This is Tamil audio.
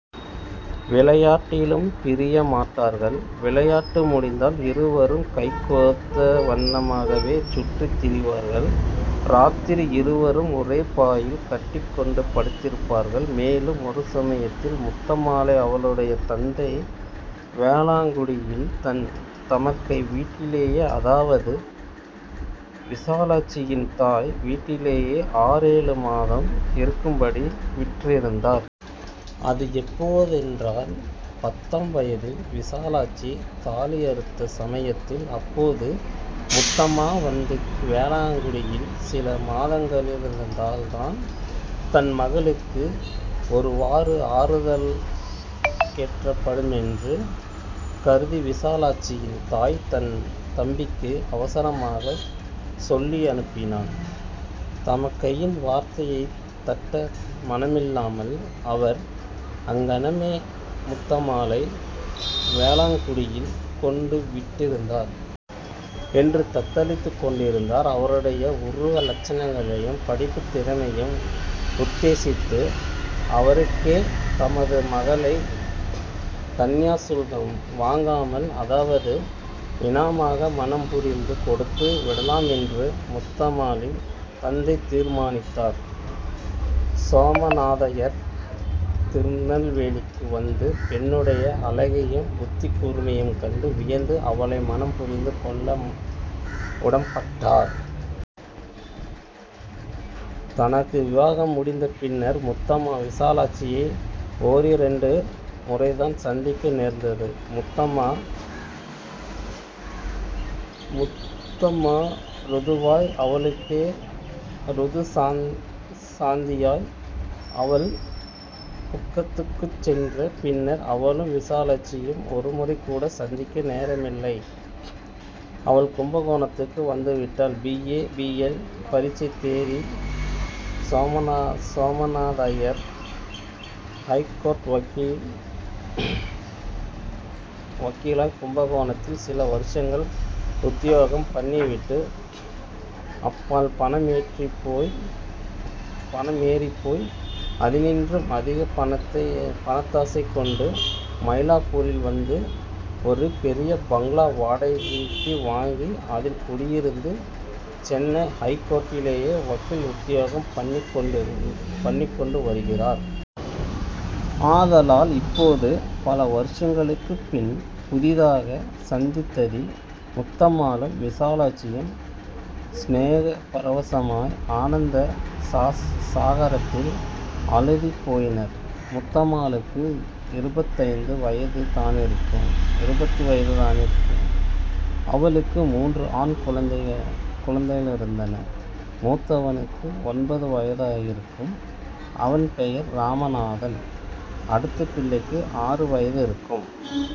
விளையாட்டிலும் பிரிய மாட்டார்கள். விளையாட்டு முடிந்தால் இருவரும் கைகோத்த வண்ணமாகவே சுற்றித் திரிவார்கள். இராத்திரி, இருவரும் ஒரே பாயில் கட்டிக் கொண்டு படுத்திருப்பார்கள். மேலும், ஒரு சமயத்தில் முத்தம்மாளை அவளுடைய தந்தை வேளாண்குடியில் தன் தமக்கை வீட்டிலேயே, அதாவது, விசாலாட்சியின் தாய் வீட்டிலேயே, ஆறேழு மாதம் இருக்கும்படி விட்டிருந்தார். அது எப்போதென்றால், பத்தாம் வயதில் விசாலாட்சி தாலியறுத்த சமயத்தில், அப்போது முத்தம்மா வந்து வேளாண்குடியில் சில மாதங்களிருந்தால்தான் தன் மகளுக்கு ஒருவாறு ஆறுதலேற்படுமென்று கருதி விசாலாட்சியின் தாய் தன் தம்பிக்கு அவசரமாகச் சொல்லியனுப்பினான். தமக்கையின் வார்த்தையைத் தட்ட மனமில்லாமல், அவர் அங்ஙனமே முத்தம்மாளை வேளாண்குடியில் கொண்டு விட்டிருந்தார். '' என்று தத்தளித்துக் கொண்டிருந்தார். அவருடைய உருவ லட்சணங்களையும் படிப்புத் திறமையையும் உத்தேசித்து அவருக்கே தமது மகளைக் கன்யா சுல்கம் வாங்காமல், அதாவது இனாமாக, மணம்புரிந்து கொடுத்து விடலாமென்று முத்தம்மாளின் தந்தை தீர்மானித்தார். சோமநாதய்யர் திருநெல்வேலிக்கு வந்து பெண்ணுடைய அழகையும் புத்திக் கூர்மையையும் கண்டு வியந்து அவளை மணம்புரிந்து கொள்ள உடம்பட்டார். தனக்கு விவாகம் முடிந்த பின்னர் முத்தம்மா விசாலாட்சியை ஓரிரண்டு முறைதான் சந்திக்க நேர்ந்தது. முத்தம்மா ருதுவாய், அவளுக்கு ருது சாந்தியாய் அவள் புக்ககத்துக்குச் சென்ற பின்னர் அவளும் விசாலாட்சியும் ஒருமுறைகூட சந்திக்க நேரமில்லை. அவள் கும்பகோணத்துக்கு வந்துவிட்டாள். பி. A., B. எல். பரீட்சை தேறி, சோமநாதய்யர், ஹைகோர்ட் வக்கீலாய் கும்பகோணத்தில் சில வருஷங்கள் உத்தியோகம் பண்ணிவிட்டு, அப்பால் பணம் ஏறிப்போய் அதினின்றும் அதிகப் பணத்தாசை கொண்டு மயிலாப்பூரில் வந்து ஒரு பெரிய பங்களா வாடகைக்கு வாங்கி அதில் குடியிருந்து சென்னை ஹைகோர்ட்டிலேயே வக்கீல் உத்தியோகம் பண்ணிக்கொண்டு வருகிறார். ஆதலால், இப்போது, பல வருஷங்களுக்குப் பின் புதிதாக சந்தித்ததில், முத்தம்மாளும் விசாலாட்சியும் சிநேக பரவசமாய் ஆனந்த சாகரத்தில் அழுந்திப் போயினர். முத்தம்மாளுக்கு இருபத்தைந்து வயது தானிருக்கும். அவளுக்கு மூன்று ஆண் குழந்தைகளிருந்தன. மூத்தவனுக்கு ஒன்பது வயதிருக்கும். அவன் பெயர் ராமநாதன். அடுத்த பிள்ளைக்கு ஆறு வயதிருக்கும்.